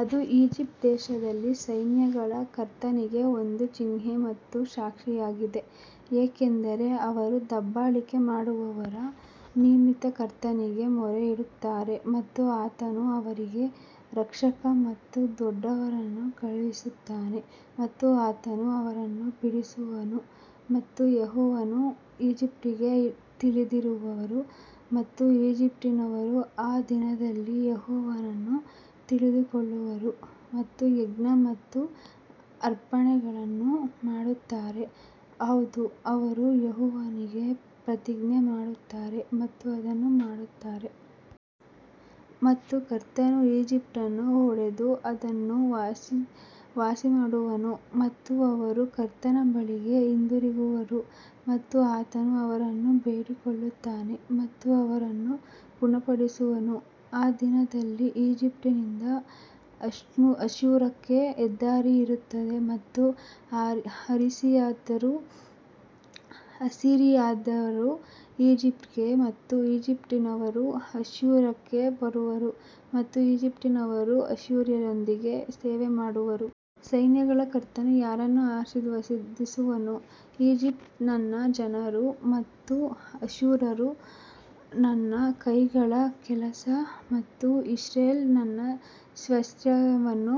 ಅದು ಈಜಿಪ್ಟ್ ದೇಶದಲ್ಲಿ ಸೈನ್ಯಗಳ ಕರ್ತನಿಗೆ ಒಂದು ಚಿಹ್ನೆ ಮತ್ತು ಸಾಕ್ಷಿಯಾಗಿದೆ ಏಕೆಂದರೆ ಅವರು ದಬ್ಬಾಳಿಕೆ ಮಾಡುವವರ ನಿಮಿತ್ತ ಕರ್ತನಿಗೆ ಮೊರೆಯಿಡುತ್ತಾರೆ ಮತ್ತು ಆತನು ಅವರಿಗೆ ರಕ್ಷಕ ಮತ್ತು ದೊಡ್ಡವರನ್ನು ಕಳುಹಿಸುತ್ತಾನೆ ಮತ್ತು ಆತನು ಅವರನ್ನು ಬಿಡಿಸುವನು. ಮತ್ತು ಯೆಹೋವನು ಈಜಿಪ್ಟಿಗೆ ತಿಳಿದಿರುವರು ಮತ್ತು ಈಜಿಪ್ಟಿನವರು ಆ ದಿನದಲ್ಲಿ ಯೆಹೋವನನ್ನು ತಿಳಿದುಕೊಳ್ಳುವರು ಮತ್ತು ಯಜ್ಞ ಮತ್ತು ಅರ್ಪಣೆಗಳನ್ನು ಮಾಡುತ್ತಾರೆ, ಹೌದು ಅವರು ಯೆಹೋವನಿಗೆ ಪ್ರತಿಜ್ಞೆ ಮಾಡುತ್ತಾರೆ ಮತ್ತು ಅದನ್ನು ಮಾಡುತ್ತಾರೆ. ಮತ್ತು ಕರ್ತನು ಈಜಿಪ್ಟನ್ನು ಹೊಡೆದು ಅದನ್ನು ವಾಸಿಮಾಡುವನು ಮತ್ತು ಅವರು ಕರ್ತನ ಬಳಿಗೆ ಹಿಂದಿರುಗುವರು ಮತ್ತು ಆತನು ಅವರನ್ನು ಬೇಡಿಕೊಳ್ಳುತ್ತಾನೆ ಮತ್ತು ಅವರನ್ನು ಗುಣಪಡಿಸುವನು. ಆ ದಿನದಲ್ಲಿ ಈಜಿಪ್ಟ್ನಿಂದ ಅಶ್ಶೂರಕ್ಕೆ ಹೆದ್ದಾರಿ ಇರುತ್ತದೆ ಮತ್ತು ಅಸಿರಿಯಾದವರು ಈಜಿಪ್ಟ್ಗೆ ಮತ್ತು ಈಜಿಪ್ಟಿನವರು ಅಶ್ಶೂರಕ್ಕೆ ಬರುವರು ಮತ್ತು ಈಜಿಪ್ಟಿನವರು ಅಶ್ಶೂರ್ಯರೊಂದಿಗೆ ಸೇವೆ ಮಾಡುವರು. ಸೈನ್ಯಗಳ ಕರ್ತನು ಯಾರನ್ನು ಆಶೀರ್ವದಿಸುವನು, ಈಜಿಪ್ಟ್ ನನ್ನ ಜನರು ಮತ್ತು ಅಶ್ಶೂರವು ನನ್ನ ಕೈಗಳ ಕೆಲಸ ಮತ್ತು ಇಸ್ರೇಲ್ ನನ್ನ ಸ್ವಾಸ್ತ್ಯವನ್ನು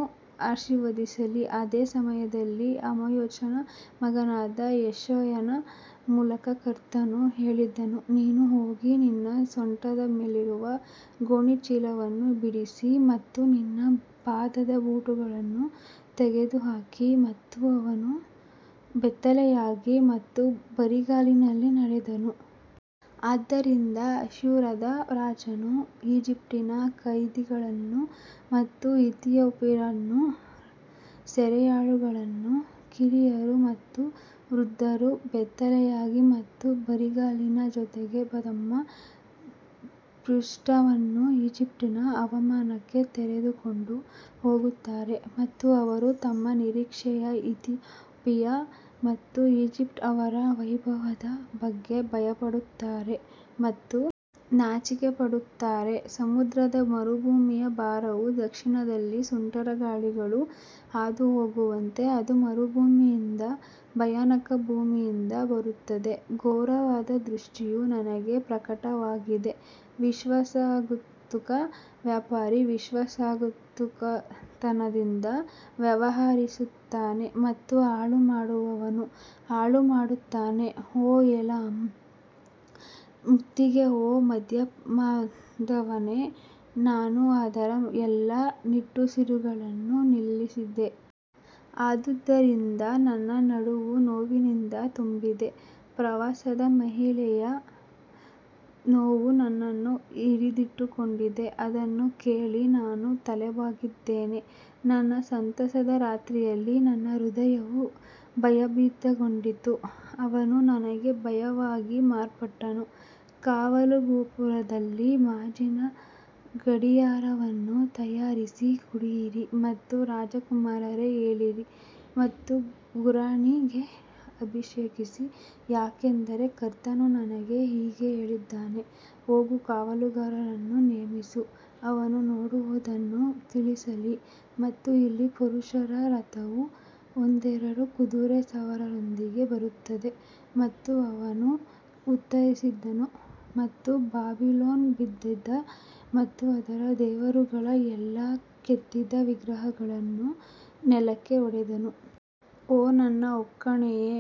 ಆಶೀರ್ವದಿಸಲಿ ಅದೇ ಸಮಯದಲ್ಲಿ ಆಮೋಚನ ಮಗನಾದ ಯೆಶಾಯನ ಮೂಲಕ ಕರ್ತನು ಹೇಳಿದನು, ನೀನು ಹೋಗಿ ನಿನ್ನ ಸೊಂಟದ ಮೇಲಿರುವ ಗೋಣಿಚೀಲವನ್ನು ಬಿಡಿಸಿ ಮತ್ತು ನಿನ್ನ ಪಾದದ ಬೂಟುಗಳನ್ನು ತೆಗೆದುಹಾಕಿ ಮತ್ತು ಅವನು ಬೆತ್ತಲೆಯಾಗಿ ಮತ್ತು ಬರಿಗಾಲಿನಲ್ಲಿ ನಡೆದನು. ಆದ್ದರಿಂದ ಅಶ್ಶೂರದ ರಾಜನು ಈಜಿಪ್ಟಿನ ಕೈದಿಗಳನ್ನು ಮತ್ತು ಇಥಿಯೋಪಿಯನ್ನರ ಸೆರೆಯಾಳುಗಳನ್ನು ಕಿರಿಯರು ಮತ್ತು ವೃದ್ಧರು ಬೆತ್ತಲೆಯಾಗಿ ಮತ್ತು ಬರಿಗಾಲಿನ ಜೊತೆಗೆ ತಮ್ಮ ಪೃಷ್ಠವನ್ನು ಈಜಿಪ್ಟಿನ ಅವಮಾನಕ್ಕೆ ತೆರೆದುಕೊಂಡು ಹೋಗುತ್ತಾರೆ. ಮತ್ತು ಅವರು ತಮ್ಮ ನಿರೀಕ್ಷೆಯ ಇಥಿಯೋಪಿಯಾ ಮತ್ತು ಈಜಿಪ್ಟ್ ಅವರ ವೈಭವದ ಬಗ್ಗೆ ಭಯಪಡುತ್ತಾರೆ ಮತ್ತು ನಾಚಿಕೆಪಡುತ್ತಾರೆ ಸಮುದ್ರದ ಮರುಭೂಮಿಯ ಭಾರವು ದಕ್ಷಿಣದಲ್ಲಿ ಸುಂಟರಗಾಳಿಗಳು ಹಾದುಹೋಗುವಂತೆ ಅದು ಮರುಭೂಮಿಯಿಂದ ಭಯಾನಕ ಭೂಮಿಯಿಂದ ಬರುತ್ತದೆ ಘೋರವಾದ ದೃಷ್ಟಿಯು ನನಗೆ ಪ್ರಕಟವಾಗಿದೆ ವಿಶ್ವಾಸಘಾತುಕ ವ್ಯಾಪಾರಿ ವಿಶ್ವಾಸಘಾತುಕತನದಿಂದ ವ್ಯವಹರಿಸುತ್ತಾನೆ ಮತ್ತು ಹಾಳುಮಾಡುವವನು ಹಾಳುಮಾಡುತ್ತಾನೆ ಓ ಏಲಾಮ್ ಮುತ್ತಿಗೆ ಓ ಮಾಧ್ಯಮದವನೇ ನಾನು ಅದರ ಎಲ್ಲಾ ನಿಟ್ಟುಸಿರುಗಳನ್ನು ನಿಲ್ಲಿಸಿದೆ ಆದುದರಿಂದ ನನ್ನ ನಡುವು ನೋವಿನಿಂದ ತುಂಬಿದೆ, ಪ್ರಸವವಾದ ಮಹಿಳೆಯ ನೋವು ನನ್ನನ್ನು ಹಿಡಿದಿಟ್ಟುಕೊಂಡಿದೆ, ಅದನ್ನು ಕೇಳಿ ನಾನು ತಲೆಬಾಗಿದ್ದೇನೆ ನನ್ನ ಸಂತೋಷದ ರಾತ್ರಿಯಲ್ಲಿ ನನ್ನ ಹೃದಯವು ಭಯಭೀತಗೊಂಡಿತು, ಅವನು ನನಗೆ ಭಯವಾಗಿ ಮಾರ್ಪಟ್ಟನು ಕಾವಲುಗೋಪುರದಲ್ಲಿ ಮೇಜಿನ ಗಡಿಯಾರವನ್ನು ತಯಾರಿಸಿ ಕುಡಿಯಿರಿ ಮತ್ತು ರಾಜಕುಮಾರರೇ ಏಳಿರಿ ಮತ್ತು ಗುರಾಣಿಗೆ ಅಭಿಷೇಕಿಸಿ ಯಾಕಂದರೆ ಕರ್ತನು ನನಗೆ ಹೀಗೆ ಹೇಳಿದ್ದಾನೆ, ಹೋಗು ಕಾವಲುಗಾರನನ್ನು ನೇಮಿಸು ಅವನು ನೋಡುವದನ್ನು ತಿಳಿಸಲಿ ಮತ್ತು ಇಲ್ಲಿ ಪುರುಷರ ರಥವು ಒಂದೆರಡು ಕುದುರೆ ಸವಾರರೊಂದಿಗೆ ಬರುತ್ತದೆ ಮತ್ತು ಅವನು ಉತ್ತರಿಸಿದನು ಮತ್ತು ಬಾಬಿಲೋನ್ ಬಿದ್ದಿದೆ ಮತ್ತು ಅದರ ದೇವರುಗಳ ಎಲ್ಲಾ ಕೆತ್ತಿದ ವಿಗ್ರಹಗಳನ್ನು ನೆಲಕ್ಕೆ ಒಡೆದನು. ಓ ನನ್ನ ಒಕ್ಕಣೆಯೇ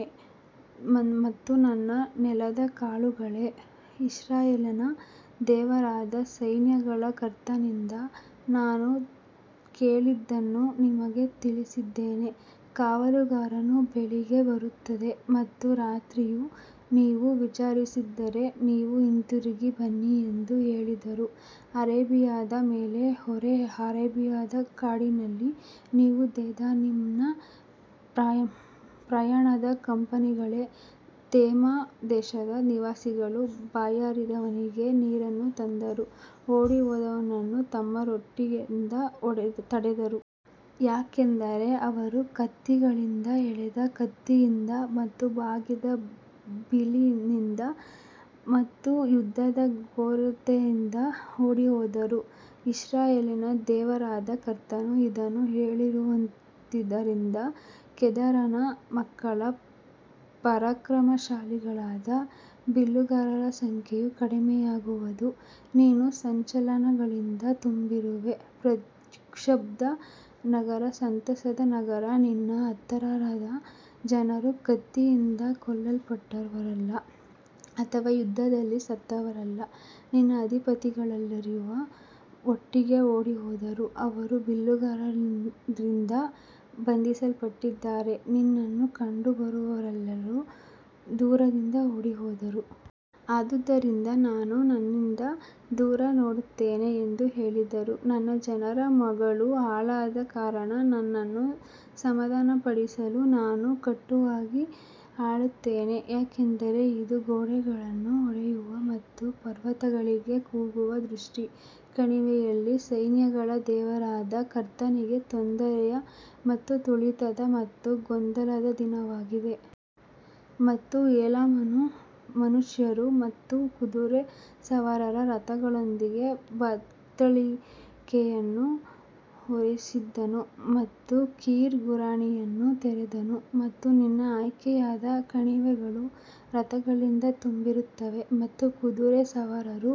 ಮತ್ತು ನನ್ನ ನೆಲದ ಕಾಳುಗಳೇ, ಇಸ್ರಾಯೇಲಿನ ದೇವರಾದ ಸೈನ್ಯಗಳ ಕರ್ತನಿಂದ ನಾನು ಕೇಳಿದ್ದನ್ನು ನಿಮಗೆ ತಿಳಿಸಿದ್ದೇನೆ. ಕಾವಲುಗಾರನು ಬೆಳಿಗ್ಗೆ ಬರುತ್ತದೆ ಮತ್ತು ರಾತ್ರಿಯೂ ನೀವು ವಿಚಾರಿಸಿದರೆ ನೀವು ಹಿಂತಿರುಗಿ ಬನ್ನಿ ಎಂದು ಹೇಳಿದರು ಅರೇಬಿಯಾದ ಮೇಲೆ ಹೊರೆ ಅರೇಬಿಯಾದ ಕಾಡಿನಲ್ಲಿ ನೀವು ದೆದಾನಿಮ್ನ ಪ್ರಯಾಣದ ಕಂಪನಿಗಳೇ ತೇಮಾ ದೇಶದ ನಿವಾಸಿಗಳು ಬಾಯಾರಿದವನಿಗೆ ನೀರನ್ನು ತಂದರು, ಓಡಿಹೋದವನನ್ನು ತಮ್ಮ ರೊಟ್ಟಿಯಿಂದ ತಡೆದರು. ಯಾಕಂದರೆ ಅವರು ಕತ್ತಿಗಳಿಂದ ಎಳೆದ ಕತ್ತಿಯಿಂದ ಮತ್ತು ಬಾಗಿದ ಬಿಲ್ಲಿನಿಂದ ಮತ್ತು ಯುದ್ಧದ ಘೋರತೆಯಿಂದ ಓಡಿಹೋದರು. ಇಸ್ರಾಯೇಲಿನ ದೇವರಾದ ಕರ್ತನು ಇದನ್ನು ಹೇಳಿರುವದರಿಂದ ಕೇದಾರನ ಮಕ್ಕಳ ಪರಾಕ್ರಮಶಾಲಿಗಳಾದ ಬಿಲ್ಲುಗಾರರ ಸಂಖ್ಯೆಯು ಕಡಿಮೆಯಾಗುವದು. ನೀನು ಸಂಚಲನಗಳಿಂದ ತುಂಬಿರುವೆ, ಪ್ರಕ್ಷುಬ್ಧ ನಗರ, ಸಂತೋಷದ ನಗರ, ನಿನ್ನ ಹತರಾದ ಜನರು ಕತ್ತಿಯಿಂದ ಕೊಲ್ಲಲ್ಪಟ್ಟವರಲ್ಲ ಅಥವಾ ಯುದ್ಧದಲ್ಲಿ ಸತ್ತವರಲ್ಲ ನಿನ್ನ ಅಧಿಪತಿಗಳೆಲ್ಲರೂ ಒಟ್ಟಿಗೆ ಓಡಿಹೋದರು ಅವರು ಬಿಲ್ಲುಗಾರರಿಂದ ಬಂಧಿಸಲ್ಪಟ್ಟಿದ್ದಾರೆ, ನಿನ್ನಲ್ಲಿ ಕಂಡುಬರುವವರೆಲ್ಲರೂ ದೂರದಿಂದ ಓಡಿಹೋದರು. ಆದುದರಿಂದ ನಾನು ನನ್ನಿಂದ ದೂರ ನೋಡುತ್ತೇನೆ ಎಂದು ಹೇಳಿದರು, ನನ್ನ ಜನರ ಮಗಳು ಹಾಳಾದ ಕಾರಣ ನನ್ನನ್ನು ಸಮಾಧಾನಪಡಿಸಲು ನಾನು ಕಟುವಾಗಿ ಅಳುತ್ತೇನೆ. ಯಾಕಂದರೆ ಇದು ಗೋಡೆಗಳನ್ನು ಒಡೆಯುವ ಮತ್ತು ಪರ್ವತಗಳಿಗೆ ಕೂಗುವ ದೃಷ್ಟಿ ಕಣಿವೆಯಲ್ಲಿ ಸೈನ್ಯಗಳ ದೇವರಾದ ಕರ್ತನಿಂದ ತೊಂದರೆಯ ಮತ್ತು ತುಳಿತದ ಮತ್ತು ಗೊಂದಲದ ದಿನವಾಗಿದೆ. ಮತ್ತು ಏಲಾಮನು ಮನುಷ್ಯರು ಮತ್ತು ಕುದುರೆ ಸವಾರರ ರಥಗಳೊಂದಿಗೆ ಬತ್ತಳಿಕೆಯನ್ನು ಹೊರಿಸಿದನು ಮತ್ತು ಕೀರ್ ಗುರಾಣಿಯನ್ನು ತೆರೆದನು. ಮತ್ತು ನಿನ್ನ ಆಯ್ಕೆಯಾದ ಕಣಿವೆಗಳು ರಥಗಳಿಂದ ತುಂಬಿರುತ್ತವೆ ಮತ್ತು ಕುದುರೆ ಸವಾರರು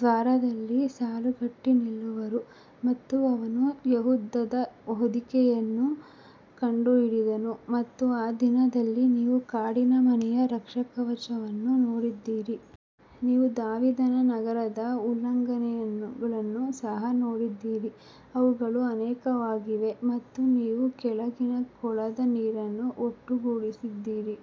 ದ್ವಾರದಲ್ಲಿ ಸಾಲುಗಟ್ಟಿ ನಿಲ್ಲುವರು. ಮತ್ತು ಅವನು ಯೆಹೂದದ ಹೊದಿಕೆಯನ್ನು ಕಂಡುಹಿಡಿದನು ಮತ್ತು ಆ ದಿನದಲ್ಲಿ ನೀವು ಕಾಡಿನ ಮನೆಯ ರಕ್ಷಾಕವಚವನ್ನು ನೋಡಿದ್ದೀರಿ. ನೀವು ದಾವೀದನ ನಗರದ ಉಲ್ಲಂಘನೆಗಳನ್ನು ಸಹ ನೋಡಿದ್ದೀರಿ, ಅವುಗಳು ಅನೇಕವಾಗಿವೆ ಮತ್ತು ನೀವು ಕೆಳಗಿನ ಕೊಳದ ನೀರನ್ನು ಒಟ್ಟುಗೂಡಿಸಿದ್ದೀರಿ.